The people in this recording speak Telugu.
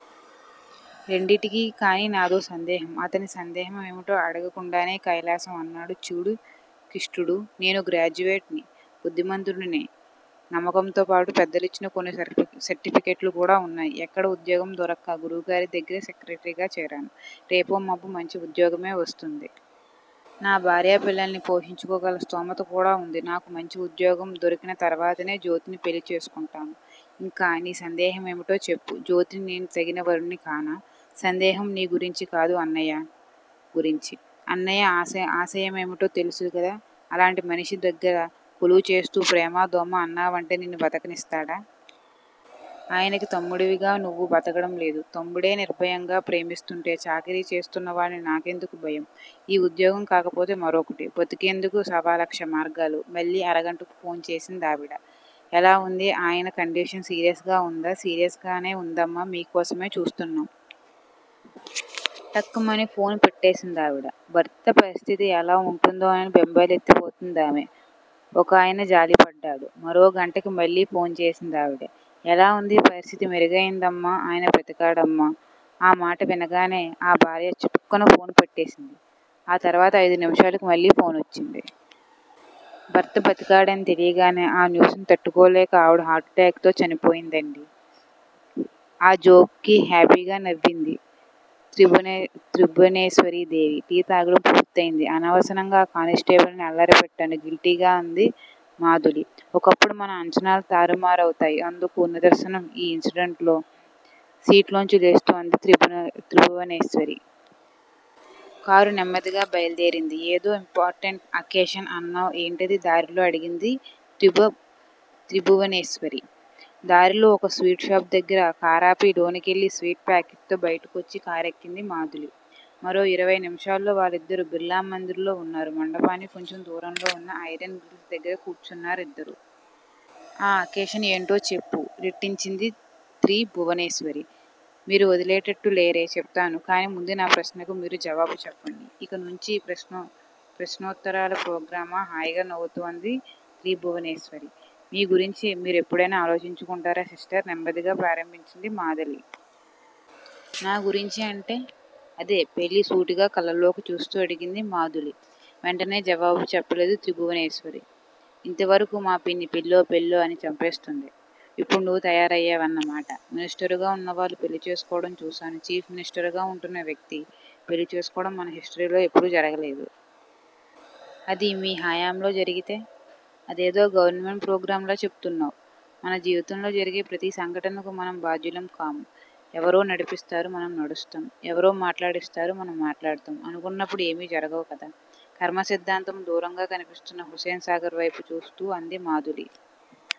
రెండింటికీ! కానీ నాదో సందేహం! అతని సందేహ మేమిటో అడగనీకుండానే కైలాసం అన్నాడు- చూడు కిష్టుడూ! నేను గ్రాడ్యుయేట్ ని, బుద్ధిమంతుడిననే నమ్మకంతోపాటు పెద్దలిచ్చిన కొన్ని సర్టిఫికెట్లు కూడా ఉన్నాయి. ఎక్కడా ఉద్యోగం దొరక్క గురువుగారిదగ్గిర సెక్రటరీగా చేరేను. రేపో మాపో మంచి ఉద్యోగమే వస్తుంది. నా భార్యాపిల్లల్ని పోషించుకోగల స్థోమత కూడా ఉంటుంది. నాకు మంచి ఉద్యోగం దొరికినతర్వాతనే జ్యోతిని పెళ్ళిచేసుకుంటాను. ఇంకా నీ సందేహమేమిటో చెప్పు? జ్యోతికి నేను తగిన వరుడ్ని కానా? సందేహం నీ గురించి కాదు-అన్నయ్య గురించి. అన్నయ్య ఆశయమేమిటో తెలుసుగదా! అలాంటి మనిషి దగ్గిర కొలువుచేస్తూ, ప్రేమా-దోమా అన్నావంటే నిన్ను బతకనిస్తాడా? ఆయనకి తమ్ముడివిగా నువ్వు బతకడంలేదూ? తమ్ముడే నిర్భయంగా ప్రేమిస్తుంటే-చాకిరీ చేస్తున్నవాడ్ని నాకెందుకు భయం? ఈ ఉద్యోగం కాకపోతే మరొకటి? బతికేందుకు సవాలక్ష మార్గాలు! మళ్ళీ అరగంటకు ఫోన్ చేసిందావిడ. ఎలా ఉంది ఆయన కండిషన్ సీరియస్ గా ఉందా సీరియస్ గానే ఉందమ్మా మీకోసమే చూస్తున్నాం. టక్ మని ఫోన్ పెట్టేసిందావిడ. భర్త పరిస్థితి ఎలా ఉంటుందోనని బెంబేలెత్తిపోతోందేమో ఒకాయన జాలిపడ్డాడు. మరో గంటకి మళ్ళీ ఫోన్ చేసిందావిడ. ఎలా ఉంది పరిస్థితి మెరుగైందమ్మా ఆయన బ్రతికాడమ్మా. ఆ మాట వినగానే ఆ భార్య చటుక్కున ఫోన్ పెట్టేసింది. ఆ తర్వాత ఐదు నిమిషాలకు మళ్ళీ ఫోనొచ్చింది. భర్త బతికాడని తెలియగానే ఆ న్యూస్ ని తట్టుకోలేక ఆవిడ హార్టు ఎటాక్ తో చనిపోయిందండి. ఆ జోక్ కి హేపీగా నవ్వింది త్రిభువనేశ్వరీదేవి. టీ తాగడం పూర్తయింది. అనవసరంగా ఆ కానిస్టేబుల్ని అల్లరి పెట్టాను గిల్టీగా అంది మధూలి. ఒక్కొక్కప్పుడు మన అంచనాలు తారుమారవుతాయి అందుకు నిదర్శనం ఈ ఇన్సిడెంట్ సీట్లోంచి లేస్తూ అంది త్రిభువనేశ్వరి. కారు నెమ్మదిగా బయలుదేరింది. ఏదో ఇంపార్టెంట్ అకేషన్ అన్నావ్ ఏంటది దారిలో అడిగింది త్రిభువనేశ్వరి. దారిలో ఓ స్వీట్ షాపు దగ్గర కారాపి లోనకెళ్ళి స్వీట్ పాకెట్ తో బయటికొచ్చి కారెక్కింది మధూలి. మరో ఇరవయ్ నిమిషాల్లో వాళ్ళిద్దరూ బిర్లామందిర్ లో ఉన్నారు. మండపానికి కొంచెం దూరంలో ఉన్న ఐరెన్ గ్రిల్స్ దగ్గర కూర్చున్నా రిద్దరు. ఆ అకేషన్ ఏంటో చెప్పు రెట్టించింది త్రిభువనేశ్వరి. మీరు వదిలేటట్టు లేరే! చెప్తాను కానీ ముందు నా ప్రశ్నకు మీరు జవాబు చెప్పండి. ఇక నుంచీ ప్రశ్నోత్తరాల ప్రోగ్రామా హాయిగా నవ్వుతూ అంది త్రిభువనేశ్వరి. మీ గురించి మీరెప్పుడైనా ఆలోచించుకుంటారా సిస్టర్ నెమ్మదిగా ప్రారంభించింది మధూలి. నా గురించి అంటే అదే పెళ్ళి సూటిగా కళ్ళల్లోకి చూస్తూ అడిగింది మధూలి. వెంటనే జవాబు చెప్పలేదు త్రిభువనేశ్వరి. ఇంతవరకూ మా పిన్ని పెళ్ళో పెళ్ళో అని చంపేస్తోంది. ఇప్పుడు నువ్వు తయారయావన్న మాట. మినిస్టరుగా ఉన్నవాళ్ళు పెళ్ళి చేసుకోవడం చూసాను. చీఫ్ మినిస్టర్ గా ఉంటున్న వ్యక్తి పెళ్ళి చేసుకోవడం మన హిస్టరీలో ఎప్పుడూ జరగలేదు. అది మీ హయాంలో జరిగితే. అదేదో గవర్నమెంట్ ప్రోగ్రామ్ లా చెపుతున్నావ్-మన జీవితంలో జరిగే ప్రతి సంఘటనకూ మనం బాధ్యులం కాము. ఎవరో నడిపిస్తారు- మనం నడుస్తాం. ఎవరో మాట్లాడిస్తారు- మనం మాట్లాడతాం అనుకున్నప్పుడు ఏమీ జరగవు కదా. కర్మ సిద్దాంతమా దూరంగా కన్పిస్తున్న హుసేన్ సాగర్ వేపు చూస్తూ అంది మధూలి.